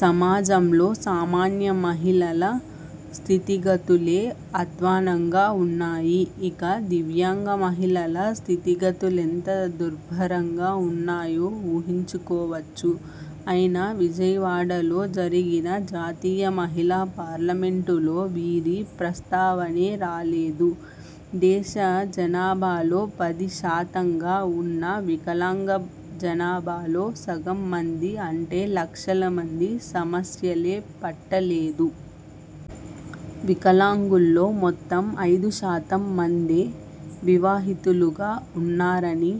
సమాజంలో సామాన్య మహిళల స్థితిగతులే అధ్వానంగా ఉన్నాయి. ఇక దివ్యాంగ మహిళల స్థితిగతులెంత దుర్భరంగా ఉన్నాయో ఊహించుకోవచ్చు. అయినా విజయవాడలో జరిగిన జాతీయ మహిళా పార్లమెంటులో వీరి ప్రస్తావనే రాలేదు. దేశ జనాభాలో పది శాతంగా ఉన్న వికలాంగ జనాభాలో సగం మంది అంటే లక్షల మంది సమస్యలే పట్టలేదు. వికలాంగుల్లో మొత్తం ఐదు శాతం మందే వివాహితులుగా ఉన్నారని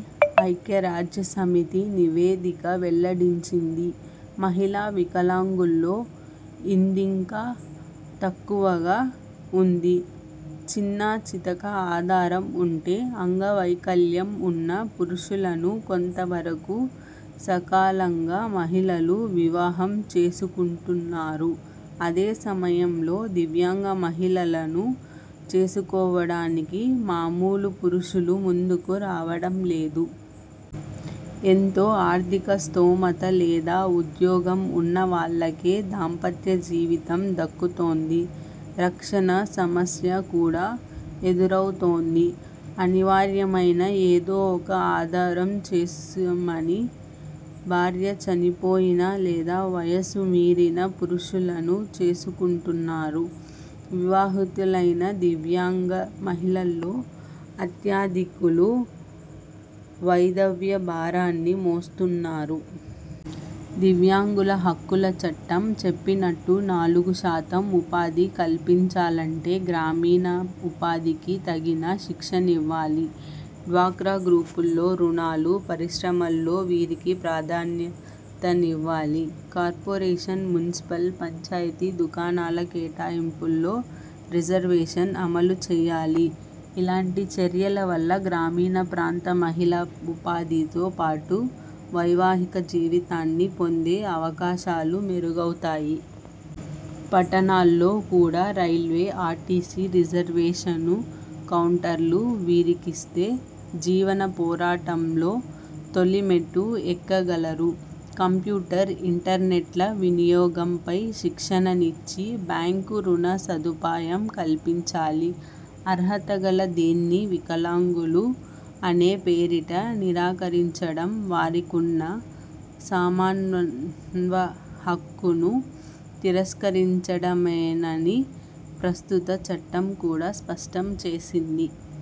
ఐక్యరాజ్య సమితి నివేదిక వెల్లడించింది. మహిళా వికలాంగుల్లో ఇదింకా తక్కువగా ఉంది. చిన్నాచితక ఆధారం ఉంటే అంగవైకల్యం ఉన్న పురుషులను కొంత వరకూ సకలాంగ మహిళలు వివాహం చేసుకుంటున్నారు. అదే సమయంలో దివ్యాంగ మహిళలను చేసుకోవడానికి మామూలు పురుషులు ముందుకు రావడం లేదు. ఎంతో ఆర్థిక స్థోమత లేదా ఉద్యోగం ఉన్న వాళ్ళకే దాంపత్య జీవితం దక్కుతోంది. రక్షణ సమస్య కూడా ఎదురౌతోంది. అనివార్యమై ఏదో ఒక ఆధారం కోసమని భార్య చనిపోయిన లేదా వయసు మీరిన పురుషులను చేసుకుంటున్నారు. వివాహితులైన దివ్యాంగ మహిళల్లో అత్యధికులు వైధవ్య భారాన్ని మోస్తున్నారు. దివ్యాంగుల హక్కుల చట్టం చెప్పినట్టు నాలుగు శాతం ఉపాధి కల్పించాలంటే గ్రామీణ ఉపాధికి తగిన శిక్షణనివ్వాలి. డ్వాక్రా గ్రూపుల్లో రుణాలు, పరిశ్రమల్లో వీరికి ప్రాధాన్యతనివ్వాలి. కార్పొరేషన్, మున్సిపల్, పంచాయతీ దుకాణాల కేటాయింపుల్లో రిజర్వేషన్ అమలుచేయాలి. ఇలాంటి చర్యల వల్ల గ్రామీణ ప్రాంత మహిళల ఉపాధితో పాటు వైవాహిక జీవితాన్ని పొందే అవకాశాలు మెరుగౌతాయి. పట్టణాల్లో కూడా రైల్వే, ఆర్టీసీ రిజర్వేషను కౌంటర్లు వీరికిస్తే జీవన పోరాటంలో తొలి మెట్టు ఎక్కగలరు. కంప్యూటర్, ఇంటర్నెట్ల వినియోగంపై శిక్షణనిచ్చి, బ్యాంకు రుణసదుపాయం కల్పించాలి. అర్హతగల దేన్నీ వికలాంగులు అనే పేరిట నిరాకరించడం వారికున్న సమానత్వ హక్కును తిరస్కరించడమేనని ప్రస్తుత చట్టం కూడా స్పష్టం చేసింది.